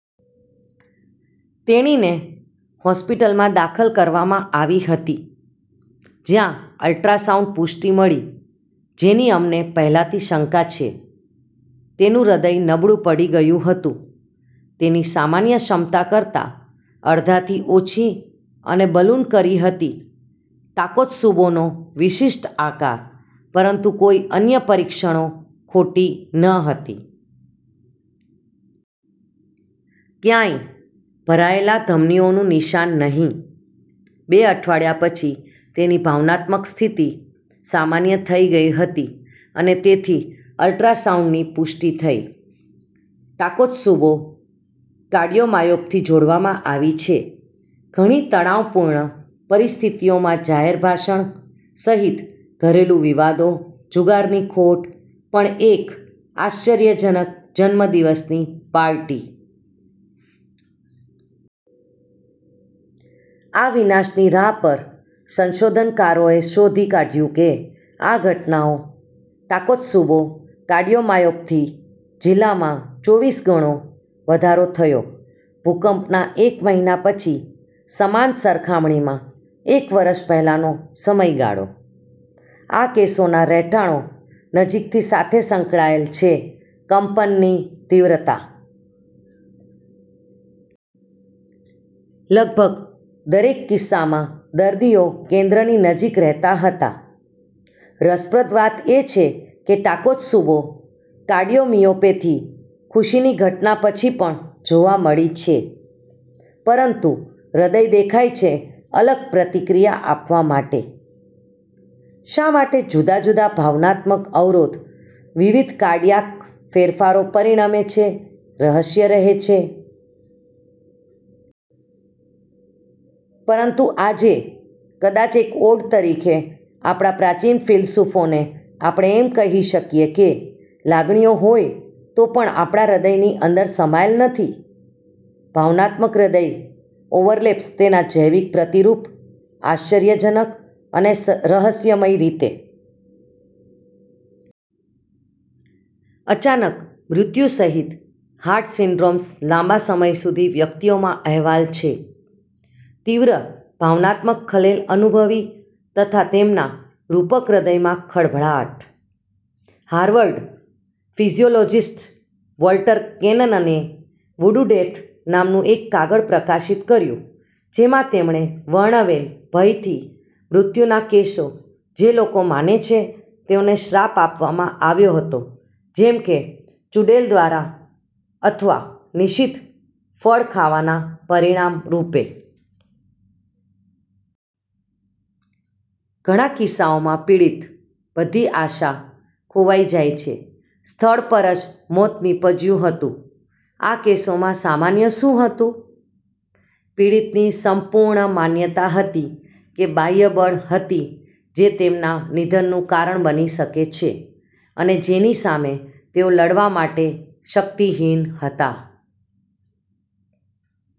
તેણીને હોસ્પિટલમાં દાખલ કરવામાં આવી હતી જ્યાં અલ્ટ્રાસાઉન્ડ પુષ્ટિ મળી જેની અમને પહેલાથી શંકા છે. તેનું હૃદય નબળું પડી ગયું હતું તેની સામાન્ય ક્ષમતા કરતાં અડધાથી ઓછી અને બલૂન કરી હતી ટાકોત્સુબોનો વિશિષ્ટ આકાર પરંતુ કોઈ અન્ય પરીક્ષણો ખોટી ન હતી. ક્યાંય ભરાયેલા ધમનીઓનું નિશાન નહીં. બે અઠવાડિયા પછી તેની ભાવનાત્મક સ્થિતિ સામાન્ય થઈ ગઈ હતી અને તેથી અલ્ટ્રાસાઉન્ડની પુષ્ટિ થઈ. ટાકોત્સુબો કાર્ડિયોમાયોપથી જોડવામાં આવી છે. ઘણી તણાવપૂર્ણ પરિસ્થિતિઓમાં જાહેર ભાષણ સહિત ઘરેલું વિવાદો, જુગારની ખોટ, પણ એક આશ્ચર્યજનક જન્મદિવસની પાર્ટી. આ વિનાશની રાહ પર સંશોધનકારોએ શોધી કાદ્યું કે આ ઘટનાઓ ટાકોત્સુબો કાર્ડિયોમાયોપથી જિલ્લામાં ચોવીસ ગણો વધારો થયો ભૂકંપના એક મહિના પછી સમાન સરખામણીમાં એક વર્ષ પહેલાનો સમયગાળો. આ કેસોના રહેઠાણો નજીકથી સાથે સંકળાયેલ છે કંપનની તીવ્રતા. લગભગ દરેક કિસ્સામાં દર્દીઓ કેન્દ્રની નજીક રહેતા હતા. રસપ્રદ વાત એ છે કે ટાકોત્સુબો કાર્ડિયોમિયોપેથી ખુશીની ઘટના પછી પણ જોવા મળી છે. પરંતુ હૃદય દેખાય છે અલગ પ્રતિક્રિયા આપવા માટે. શા માટે જુદા જુદા ભાવનાત્મક અવરોધ વિવિધ કાર્ડિયાક ફેરફારો પરિણમે છે રહસ્ય રહે છે. પરંતુ આજે, કદાચ એક ઓડ તરીકે આપણા પ્રાચીન ફિલસૂફોને આપણે એમ કહી શકીએ કે લાગણીઓ હોય તો પણ આપણા હૃદયની અંદર સમાયેલ નથી, ભાવનાત્મક હૃદય ઓવરલેપ્સ તેના જૈવિક પ્રતિરૂપ, આશ્ચર્યજનક અને રહસ્યમય રીતે. અચાનક મૃત્યુ સહિત હાર્ટ સિન્ડ્રોમ્સ લાંબા સમય સુધી વ્યક્તિઓમાં અહેવાલ છે. તીવ્ર ભાવનાત્મક ખલેલ અનુભવી અથવા તેમના રૂપક હૃદયમાં ખળભળાટ. હાર્વર્ડ ફિઝિયોલોજિસ્ટ વોલ્ટર કેનનને "વૂડુ ડેથ" નામનું એક કાગળ પ્રકાશિત કર્યું જેમાં તેમણે વર્ણવેલ ભયથી મૃત્યુનાં કેસો જે લોકો માને છે તેઓને શ્રાપ આપવામાં આવ્યો હતો જેમ કે ચૂડેલ દ્વારા અથવા નિષિદ્ધ ફળ ખાવાના પરિણામ રૂપે. ઘણા કિસ્સાઓમાં પીડિત, બધી આશા ખોવાઈ જાય છે. સ્થળ પર જ મોત નીપજ્યું હતું. આ કેસોમાં સામાન્ય શું હતું? પીડિતની સંપૂર્ણ માન્યતા હતી કે બાહ્ય બળ હતી જે તેમના નિધનનું કારણ બની શકે છે અને જેની સામે તેઓ લડવા માટે શક્તિહિન હતા.